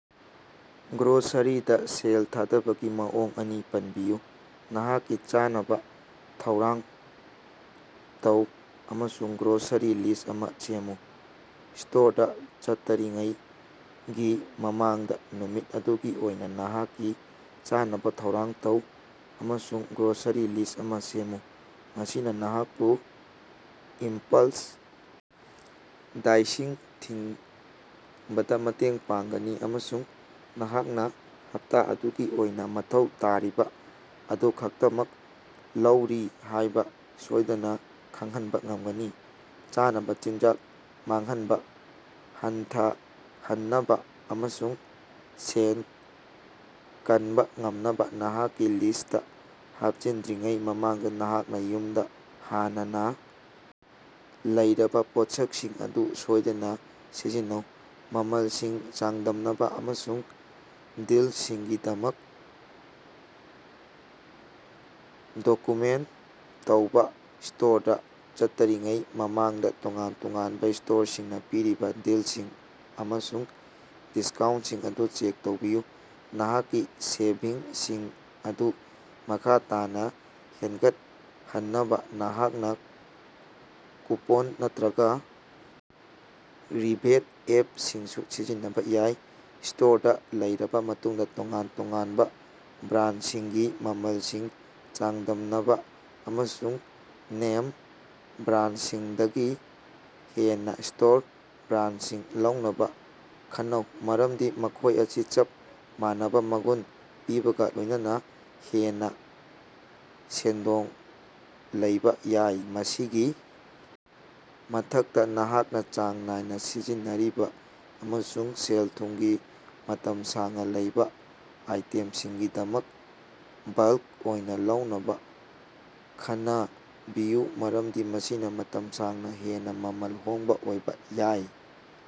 ꯒ꯭ꯔꯣꯁꯔꯤꯗ ꯁꯦꯜ ꯊꯥꯗꯕꯒꯤ ꯃꯑꯣꯡ ꯑꯅꯤ ꯄꯟꯕꯤꯌꯨ꯫ ꯅꯍꯥꯛꯀꯤ ꯆꯥꯅꯕ ꯊꯧꯔꯥꯡ ꯇꯧ ꯑꯃꯁꯨꯡ ꯒ꯭ꯔꯣꯁꯔꯤ ꯂꯤꯁ ꯑꯃ ꯁꯦꯝꯃꯨ ꯁꯇꯣꯔꯗ ꯆꯠꯇꯔꯤꯉꯩꯒꯤ ꯃꯃꯥꯡꯗ ꯅꯨꯃꯤꯠ ꯑꯗꯨꯒꯤ ꯑꯣꯏꯅ ꯅꯍꯥꯛꯀꯤ ꯆꯥꯅꯕ ꯊꯧꯔꯥꯡ ꯇꯧ ꯑꯃꯁꯨꯡ ꯒ꯭ꯔꯣꯁꯔꯤ ꯂꯤꯁ ꯑꯃ ꯁꯦꯝꯃꯨ꯫ ꯃꯁꯤꯅ ꯅꯍꯥꯛꯄꯨ ꯏꯝꯄꯜꯁ ꯕꯥꯏꯁꯤꯡ ꯊꯤꯡꯕꯗ ꯃꯇꯦꯡ ꯄꯥꯡꯒꯅꯤ ꯑꯃꯁꯨꯡ ꯅꯍꯥꯛꯅ ꯍꯞꯇꯥ ꯑꯗꯨꯒꯤ ꯑꯣꯏꯅ ꯃꯊꯧ ꯇꯥꯔꯤꯕ ꯑꯗꯨ ꯈꯛꯇꯃꯛ ꯂꯧꯔꯤ ꯍꯥꯏꯕ ꯁꯣꯏꯗꯅ ꯈꯪꯍꯟꯕ ꯉꯝꯒꯅꯤ꯫ ꯆꯥꯅꯕ ꯆꯤꯟꯖꯥꯛ ꯃꯥꯡꯍꯟꯕ ꯍꯟꯊꯍꯟꯅꯕ ꯑꯃꯁꯨꯡ ꯁꯦꯟ ꯀꯅꯕ ꯉꯝꯅꯕ ꯅꯍꯥꯛꯀꯤ ꯂꯤꯁꯇꯥ ꯍꯥꯞꯆꯤꯟꯗ꯭ꯔꯤꯉꯩ ꯃꯃꯥꯡꯗ ꯅꯍꯥꯛꯅ ꯌꯨꯝꯗ ꯍꯥꯟꯅꯅ ꯂꯩꯔꯕ ꯄꯣꯠꯁꯛꯁꯤꯡ ꯑꯗꯨ ꯁꯣꯏꯗꯅ ꯁꯤꯖꯤꯟꯅꯧ꯫ ꯃꯃꯜꯁꯤꯡ ꯆꯥꯡꯗꯝꯅꯕ ꯑꯃꯁꯨꯡ ꯗꯤꯜꯁꯤꯡꯒꯤꯗꯃꯛ ꯗꯣꯀꯌꯨꯃꯦꯟ ꯇꯧꯕ ꯁꯇꯣꯔꯗ ꯆꯠꯇꯔꯤꯉꯩꯒꯤ ꯃꯃꯥꯡꯗ ꯇꯣꯉꯥꯟ ꯇꯣꯉꯥꯟꯕ ꯁꯇꯣꯔꯁꯤꯡꯅ ꯄꯤꯔꯤꯕ ꯗꯤꯜꯁꯤꯡ ꯑꯃꯁꯨꯡ ꯗꯤꯁꯀꯥꯎꯟꯁꯤꯡ ꯑꯗꯨ ꯆꯦꯛ ꯇꯧꯕꯤꯌꯨ꯫ ꯅꯍꯥꯛꯀꯤ ꯁꯦꯚꯤꯡꯁꯤꯡ ꯑꯗꯨ ꯃꯈꯥ ꯇꯥꯅ ꯍꯦꯟꯒꯠꯍꯟꯅꯕ ꯅꯍꯥꯛꯅ ꯀꯨꯄꯟ ꯅꯠꯇ꯭ꯔꯒ ꯔꯤꯕꯦꯠ ꯑꯦꯞꯁꯤꯡꯁꯨ ꯁꯤꯖꯤꯟꯅꯕ ꯌꯥꯏ꯫ ꯁꯇꯣꯔꯗ ꯂꯩꯔꯕ ꯃꯇꯨꯡꯗ ꯇꯣꯉꯥꯟ ꯇꯣꯉꯥꯟꯕ ꯕꯔꯥꯟꯁꯤꯡꯒꯤ ꯃꯃꯜꯁꯤꯡ ꯆꯥꯡꯗꯝꯅꯕ ꯑꯃꯁꯨꯡ ꯅꯦꯝ ꯕꯔꯥꯟꯁꯤꯡꯗꯒꯤ ꯍꯦꯟꯅ ꯁꯇꯣꯔ ꯕꯔꯥꯟꯁꯤꯡ ꯂꯧꯅꯕ ꯈꯟꯅꯧ ꯃꯔꯝꯗꯤ ꯃꯈꯣꯏ ꯑꯁꯤ ꯆꯞ ꯃꯥꯟꯅꯕ ꯃꯒꯨꯟ ꯄꯤꯕꯒ ꯂꯣꯏꯅꯅ ꯍꯦꯟꯅ ꯁꯦꯟꯗꯣꯡ ꯂꯩꯕ ꯌꯥꯏ꯫ ꯃꯁꯤꯒꯤ ꯃꯊꯛꯇ ꯅꯍꯥꯛꯅ ꯆꯥꯡ ꯅꯥꯏꯅ ꯁꯤꯖꯤꯟꯅꯔꯤꯕ ꯑꯃꯁꯨꯡ ꯁꯦꯜꯐꯝꯒꯤ ꯃꯇꯝ ꯁꯥꯡꯅ ꯂꯩꯕ ꯑꯥꯏꯇꯦꯝꯁꯤꯡꯒꯤꯗꯃꯛ ꯕꯜꯀ ꯑꯣꯏꯅ ꯂꯧꯅꯕ ꯈꯟꯅꯕꯤꯌꯨ ꯃꯔꯝꯗꯤ ꯃꯁꯤꯅ ꯃꯇꯝ ꯁꯥꯡꯅ ꯍꯦꯟꯅ ꯃꯃꯜ ꯍꯣꯡꯕ ꯑꯣꯏꯕ ꯌꯥꯏ꯫